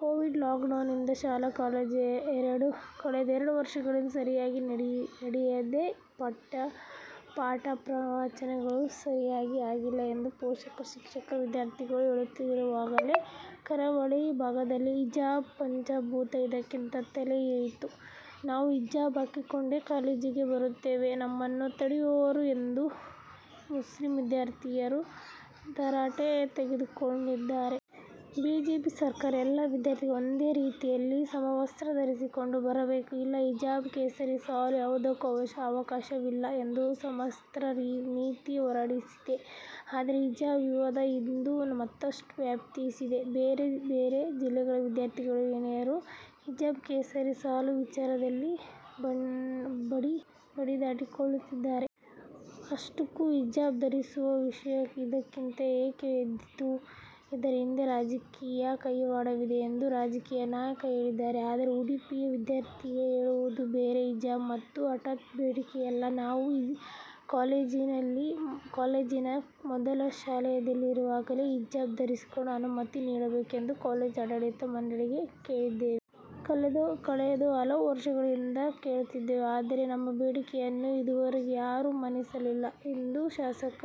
Covid lockdown ನಿಂದ ಶಾಲಾ-ಕಾಲೇಜು ಕಳೆದೆರಡು ವರ್ಷಗಳಿಂದ ಸರಿಯಾಗಿ ನಡೆಯದೆ ಪಾಠ-ಪ್ರವಚನಗಳು ಸರಿಯಾಗಿ ಆಗಿಲ್ಲ ಎಂದು ಪೋಷಕರು, ಶಿಕ್ಷಕರು, ವಿದ್ಯಾರ್ಥಿಗಳು ಹೇಳುತ್ತಿರುವಾಗಲೇ ಕರಾವಳಿ ಭಾಗದಲ್ಲಿ ಹಿಜಾಬ್ ಪಡಂಭೂತ ಇದ್ದಕ್ಕಿದ್ದಂತೆ ತಲೆಯೆದ್ದಿತು. ನಾವು ಹಿಜಾಬ್ ಹಾಕಿಕೊಂಡೇ ಕಾಲೇಜಿಗೆ ಬರುತ್ತೇವೆ, ನಮ್ಮನ್ನು ತಡೆಯುವವರಾರು ಎಂದು ಮುಸ್ಲಿಂ ವಿದ್ಯಾರ್ಥಿನಿಯರು ತರಾಟೆಗೆ ತೆಗೆದುಕೊಳ್ಳುತ್ತಿದ್ದಾರೆ. ಬಿಜೆಪಿ ಸರ್ಕಾರ ಎಲ್ಲಾ ವಿದ್ಯಾರ್ಥಿಗಳು ಒಂದೇ ರೀತಿಯ ಸಮವಸ್ತ್ರ ಧರಿಸಿಕೊಂಡು ಬರಬೇಕು, ಇಲ್ಲಿ ಹಿಜಾಬ್, ಕೇಸರಿ ಶಾಲು ಯಾವುದಕ್ಕೂ ಅವಕಾಶವಿಲ್ಲ ಎಂದು ಸಮವಸ್ತ್ರ ನೀತಿ ಹೊರಡಿಸಿದೆ. ಆದರೆ ಹಿಜಾಬ್ ವಿವಾದ ಇಂದು ಮತ್ತಷ್ಟು ವ್ಯಾಪಿಸಿದೆ. ಬೇರೆ ಬೇರೆ ಜಿಲ್ಲೆಗಳಲ್ಲಿ ವಿದ್ಯಾರ್ಥಿ-ವಿದ್ಯಾರ್ಥಿನಿಯರು ಹಿಜಾಬ್ / ಕೇಸರಿ ಶಾಲು ವಿಚಾರದಲ್ಲಿ ಬಡಿದಾಡಿಕೊಳ್ಳುತ್ತಿದ್ದಾರೆ. ಅಷ್ಟಕ್ಕೂ ಹಿಜಾಬ್ ಧರಿಸುವ ವಿಷಯ ಇದ್ದಕ್ಕಿದ್ದಂತೆ ಏಕೆ ಎದ್ದಿತು, ಇದರ ಹಿಂದೆ ರಾಜಕೀಯ ಕೈವಾಡವಿದೆ ಎಂದು ರಾಜಕೀಯ ನಾಯಕರು ಹೇಳುತ್ತಿದ್ದಾರೆ. ಆದರೆ ಉಡುಪಿಯ ವಿದ್ಯಾರ್ಥಿನಿಯರು ಹೇಳುವುದು ಬೇರೆ. ಹಿಜಾಬ್ ನಮ್ಮ ಹಠಾತ್ ಬೇಡಿಕೆಯಲ್ಲ, ನಾವು ಕಾಲೇಜಿನ ಮೊದಲ ವರ್ಷದಲ್ಲಿರುವಾಗಲೇ ಹಿಜಾಬ್ ಧರಿಸಲು ಅನುಮತಿ ನೀಡಬೇಕೆಂದು ಕಾಲೇಜು ಆಡಳಿತ ಮಂಡಳಿಗೆ ಕೇಳಿದ್ದೆವು. ಕಳೆದ ಹಲವು ವರ್ಷಗಳಿಂದ ಕೇಳುತ್ತಿದ್ದೇವೆ. ಆದರೆ ನಮ್ಮ ಬೇಡಿಕೆಯನ್ನು ಇದುವರೆಗೆ ಯಾರೂ ಮನ್ನಿಸಿಲ್ಲ ಎಂದು ಶಾಸಕ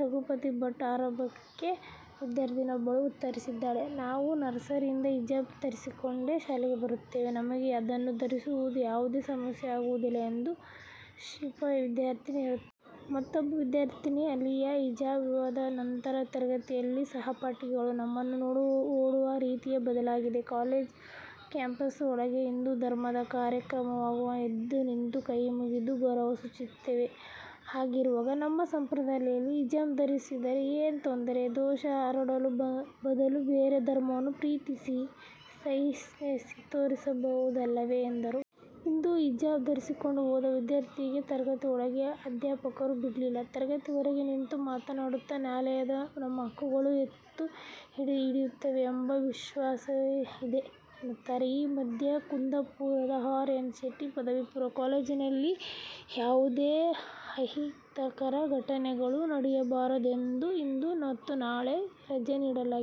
ರಘುಪತಿ ಭಟ್ ಆರೋಪಕ್ಕೆ ವಿದ್ಯಾರ್ಥಿನಿಯೊಬ್ಬಳು ಉತ್ತರಿಸುತ್ತಾಳೆ. ನಾವು ನರ್ಸರಿಯಿಂದ ಹಿಜಾಬ್ ಧರಿಸಿಕೊಂಡೇ ಶಾಲೆಗೆ ಬರುತ್ತಿದ್ದೇವೆ. ನಮಗೆ ಅದನ್ನು ಧರಿಸುವುದರಿಂದ ಯಾವುದೇ ಸಮಸ್ಯೆಯಾಗುವುದಿಲ್ಲ ಎಂದು ಶಿಫಾ ಎಂಬ ವಿದ್ಯಾರ್ಥಿನಿ ಹೇಳುತ್ತಾಳೆ. ಮತ್ತೊಬ್ಬ ವಿದ್ಯಾರ್ಥಿನಿ ಅಲಿಯಾ, ಹಿಜಾಬ್ ವಿವಾದ ನಂತರ ತರಗತಿಯಲ್ಲಿ ಸಹಪಾಠಿಗಳು ನಮ್ಮನ್ನು ನೋಡುವ ರೀತಿಯೇ ಬದಲಾಗಿದೆ. ಕಾಲೇಜು ಕ್ಯಾಂಪಸ್ ಒಳಗೆ ಹಿಂದೂ ಧರ್ಮದ ಕಾರ್ಯಕ್ರಮವಾಗುವಾಗ ಎದ್ದುನಿಂತು ಕೈ ಮುಗಿದು ಗೌರವ ಸೂಚಿಸುತ್ತೇವೆ. ಹಾಗಿರುವಾಗ ನಮ್ಮ ಸಂಪ್ರದಾಯದಲ್ಲಿರುವ ಹಿಜಾಬ್ ಧರಿಸಿದರೆ ಏನು ತೊಂದರೆ, ದ್ವೇಷ ಹರಡುವ ಬದಲು ಬೇರೆ ಧರ್ಮವನ್ನು ಪ್ರೀತಿಸಿ ಸಹಿಷ್ಣುತೆ ತೋರಿಸಬಹುದಲ್ಲವೇ ಎಂದರು. ಇಂದು ಹಿಜಾಬ್ ಧರಿಸಿಕೊಂಡು ಹೋದ ವಿದ್ಯಾರ್ಥಿನಿಯರಿಗೆ ತರಗತಿಯೊಳಗೆ ಅಧ್ಯಾಪಕರು ಬಿಡಲಿಲ್ಲ. ತರಗತಿಯ ಹೊರಗೆ ನಿಂತು ಮಾತನಾಡುತ್ತಾ, ನ್ಯಾಯಾಲಯ ನಮ್ಮ ಹಕ್ಕುಗಳನ್ನು ಎತ್ತು ಹಿಡಿಯುತ್ತದೆ ಎಂಬ ವಿಶ್ವಾಸವಿದೆ ಎನ್ನುತ್ತಾರೆ. ಈ ಮಧ್ಯೆ, ಕುಂದಾಪುರದ ಆರ್ ಎನ್ ಶೆಟ್ಟಿ ಪದವಿ ಪೂರ್ವ ಕಾಲೇಜಿನಲ್ಲಿ ಯಾವುದೇ ಅಹಿತಕರ ಘಟನೆಗಳು ನಡೆಯಬಾರದೆಂದು ಇಂದು ಮತ್ತು ನಾಳೆ ರಜೆ ನೀಡಲಾಗಿದೆ.